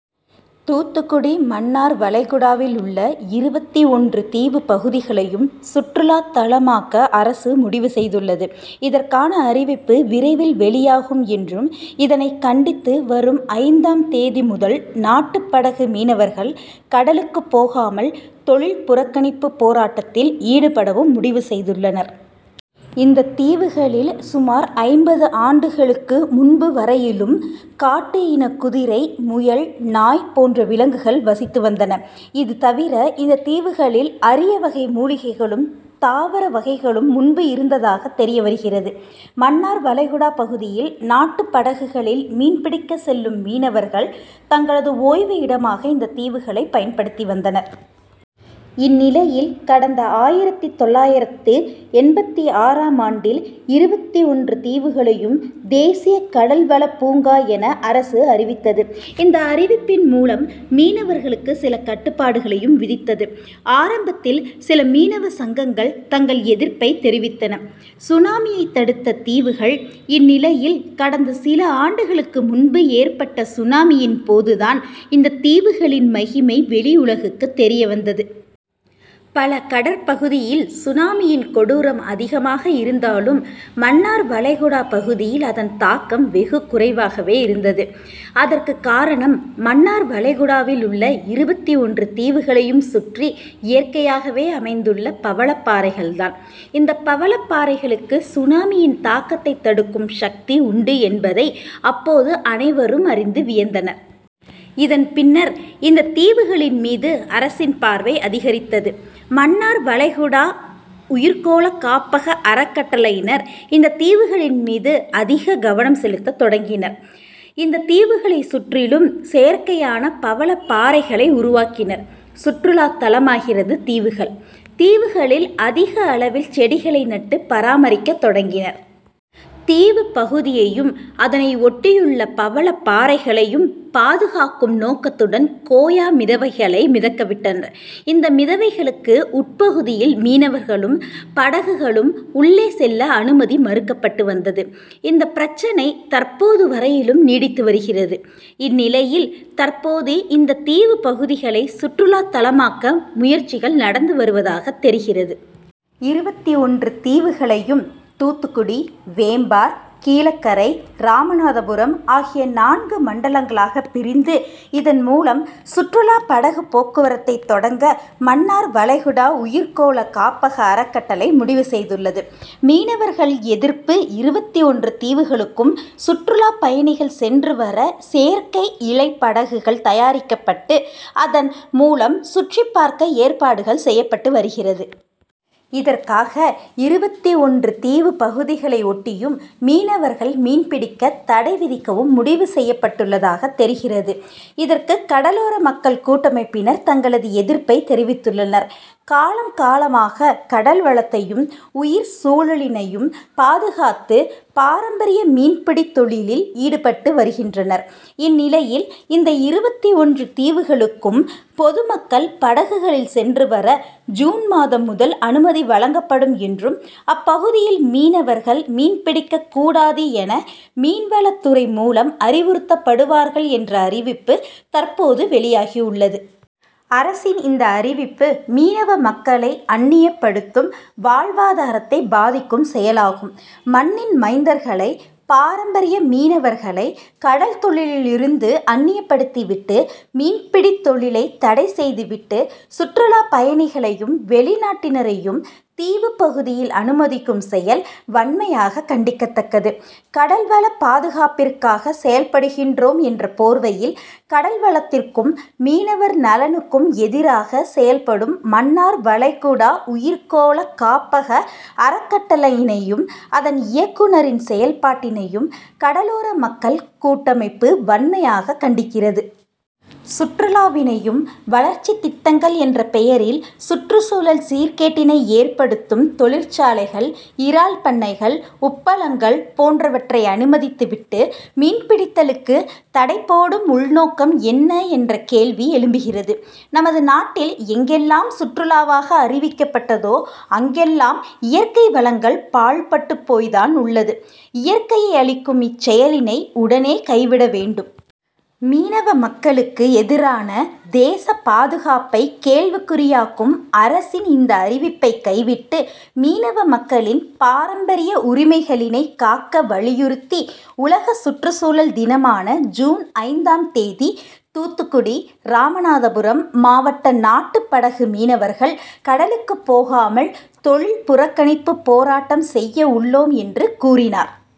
தூத்துக்குடி மன்னார் வளைகுடாவில் உள்ள இருபத்து ஒன்று தீவு பகுதிகளையும் சுற்றுலாதலமாக்க அரசு முடிவு செய்துள்ளது. இதற்கான அறிவிப்பு விரைவில் வெளியாகும் என்றும், இதனை கண்டித்து வரும் ஐந்து ம் தேதி முதல் நாட்டுபடகு மீனவர்கள் கடலுக்கு போகாமல் தொழில் புறக்கணிப்பு போராட்டத்தில் ஈடுபடவும் முடிவு செய்துள்ளனர். இந்த தீவுகளில் சுமார் ஐம்பது ஆண்டுகளுக்கு முன்பு வரையிலும் காட்டு இன குதிரை, முயல், நாய் போன்ற விலங்குகள் வசித்து வந்தன. இது தவிர இந்த தீவுகளில் அரியவகை மூலிகைகளும், தாவர வகைகளும் முன்பு இருந்ததாக தெரியவருகிறது. மன்னார்வளைகுடா பகுதியில் நாட்டு படகுகளில் மீன்பிடிக்க செல்லும் மீனவர்கள் தங்களது ஓய்வு இடமாக இந்த தீவுகளை பயன்படுத்தி வந்தனர். இந்நிலையில் கடந்த ஆயிரத்து தொள்ளாயிரத்து எண்பத்து ஆறு ம் ஆண்டில் இருபத்து ஒன்று தீவுகளையும் தேசிய கடல்வளப் பூங்கா என அரசு அறிவித்தது. இந்த அறிவிப்பின் மூலம் மீனவர்களுக்கு சில கட்டுபாடுகளையும் விதித்தது. ஆரம்பத்தில் சில மீனவ சங்கங்கள் தங்கள் எதிர்ப்பை தெரிவித்தன. சுனாமியை தடுத்த தீவுகள் இந்நிலையில் கடந்த சில ஆண்டுகளுக்கு முன்பு ஏற்பட்ட சுனாமியின் போது தான் இந்த தீவுகளின் மகிமை வெளி உலகிற்கு தெரியவந்தது. பல கடற்பகுதியில் சுனாமியின் கொடூரம் அதிகமாக இந்தாலும், மன்னார்வளைகுடா பகுதியில் அதன் தாக்கம் வெகு குறைவாகவே இருந்தது. அதற்கு காரணம் மன்னார் வளைகுடாவில் உள்ள இருபத்து ஒன்று தீவுகளையும் சுற்றி இயற்கையாகவே அமைந்துள்ள பவளப்பறைகள் தான். இந்த பவளப்பறைகளுக்கு சுனாமியின் தாக்கத்தை தடுக்கும் சக்தி உண்டு என்பதை அப்போது அனைவரும் அறிந்து வியந்தனர். இதன் பின்னர் இந்த தீவுகளின் மீது அரசின் பார்வை அதிகரித்தது. மன்னார்வளைகுடா உயிர்கோள காப்பக அறக்கட்டளையினர் இந்த தீவுகளின் மீது அதிக கவனம் செலுத்த தொடங்கினர். இந்த தீவுகளை சுற்றிலும் செயற்கையான பவளப்பாறைகளை உருவாக்கினர். சுற்றுலா தலமாகிறது தீவுகள் தீவுகளில் அதிக அளவில் செடிகளை நட்டு பராமரிக்க தொடங்கினர். தீவு பகுதியையும், அதனை ஒட்டியுள்ள பவளப்பாறைகளையும் பாதுகாக்கும் நோக்கத்துடன் கோயா மிதவைகளை மிதக்கவிட்டனர். இந்த மிதவைகளுக்கு உட்பகுதியில் மீனவர்களும், படகுகளும் உள்ளே செல்ல அனுமதி மறுக்கப்பட்டு வந்தது. இந்த பிரச்னை தற்போது வரையிலும் நீடித்து வருகிறது. இந்நிலையில் தற்போது இந்த தீவு பகுதிகளை சுற்றுலா தலமாக்க முயற்சிகள் நடந்து வருவதாக தெரிகிறது. இருபத்து ஒன்று தீவுகளையும் தூத்துக்குடி, வேம்பார், கீழக்கரை, ராமநாதபுரம் ஆகிய நான்கு மண்டலங்களாக பிரிந்து, இதன் மூலம் சுற்றுலா படகு போக்குவரத்தை தொடங்க மன்னார் வளைகுடா உயிர்கோள காப்பக அறக்கட்டளை முடிவு செய்துள்ளது. மீனவர்கள் எதிர்ப்பு இருபத்து ஒன்று தீவுகளுக்கும் சுற்றுலா பயணிகள் சென்று வர செயற்கைஇழை படகுகள் தயாரிக்கப்பட்டு அதன் மூலம் சுற்றி பார்க்க ஏற்பாடுகள் செய்யப்பட்டு வருகிறது. இதற்காக இருபத்து ஒன்று தீவு பகுதிகளை ஒட்டியும் மீனவர்கள் மீன்பிடிக்க தடை விதிக்கவும் முடிவு செய்யப்பட்டுள்ளதாக தெரிகிறது. இதற்கு கடலோர மக்கள் கூட்டமைப்பினர் தங்களது எதிர்ப்பை தெரிவித்துள்ளனர். காலம், காலமாக கடல்வளத்தையும், உயிர்சூழலினையும் பாதுகாத்து, பாரம்பரிய மீன்பிடித் தொழிலில் ஈடுபட்டு வருகின்றனர். இந்நிலையில் இந்த இருபத்து ஒன்று தீவுகளுக்கும் பொதுமக்கள் படகுகளில் சென்று வர ஜூன் மாதம் முதல் அனுமதிவழங்கப்படும் என்றும், அப்பகுதியில் மீனவர்கள் மீன்பிடிக்க கூடாது என மீன்வளத்துறை மூலம் அறிவுறுத்தப்படுவார்கள் என்ற அறிவிப்பு தற்போது வெளியாகி உள்ளது. அரசின் இந்த அறிவிப்பு மீனவ மக்களை அந்நியப்படுத்தும், வாழ்வாதாரத்தை பாதிக்கும் செயலாகும். மண்ணின் மைந்தர்களை, பாரம்பரிய மீனவர்களை கடல்தொழிலில் இருந்து அந்நியப்படுத்திவிட்டு, மீன்பிடித் தொழிலை தடை செய்துவிட்டு சுற்றுலா பயணிகளையும், வெளிநாட்டினரையும் தீவுப்பகுதியில் அனுமதிக்கும் செயல் வன்மையாக கண்டிக்கத்தக்கது. கடல்வளப்பாதுகாப்பிற்காக செயல்படுகின்றோம் என்ற போர்வையில் கடல்வளத்திற்கும், மீனவர் நலனுக்கும் எதிராக செயல்படும் மன்னார் வளைகுடா உயிர்கோள காப்பக அறக்கட்டளையினையும், அதன் இயக்குனரின் செயல்பாட்டினையும் கடலோர மக்கள் கூட்டமைப்பு வன்மையாக கண்டிக்கிறது. சுற்றுலாவினையும், வளர்ச்சிதிட்டங்கள் என்ற பெயரில் சுற்றுசூழல் சீர்கேட்டினை ஏற்படுத்தும் தொழிற்சாலைகள், இறால் பண்ணைகள், உப்பளங்கள் போன்றவற்றை அனுமதித்துவிட்டு, மீன்பிடித்தலுக்கு தடைபோடும் உள்நோக்கம் என்ன என்ற கேள்வி எழும்புகிறது. நமது நாட்டில் எங்கெல்லாம் சுற்றுலாவாக அறிவிக்கப்பட்டதோ அங்கெல்லாம் இய ற்கை வளங்கள் பாழ்பட்டுபோய்தான் உள்ளது. இயற்கையை அழி க்கும் இச்செயலினை உடனே கைவிடவேண்டும். மீனவ மக்களுக்கு எதிரான, தேசபாதுகாப்பை கேள்விகுறியாக்கும் அரசின் இந்த அறிவிப்பை கைவிட்டு மீனவ மக்களின் பாரம்பரிய உரிமைகளினை காக்க வலியுறுத்தி உலக சுற்றுசூழல் தினமான ஜூன் ஐந்து ம் தேதி தூத்துக்குடி, ராமநாதபுரம் மாவட்ட நாட்டுபடகு மீனவர்கள் கடலுக்கு போகாமல் தொழில் புறக்கணிப்பு போராட்டம் செய்ய உள்ளோம் என்று கூறினார்.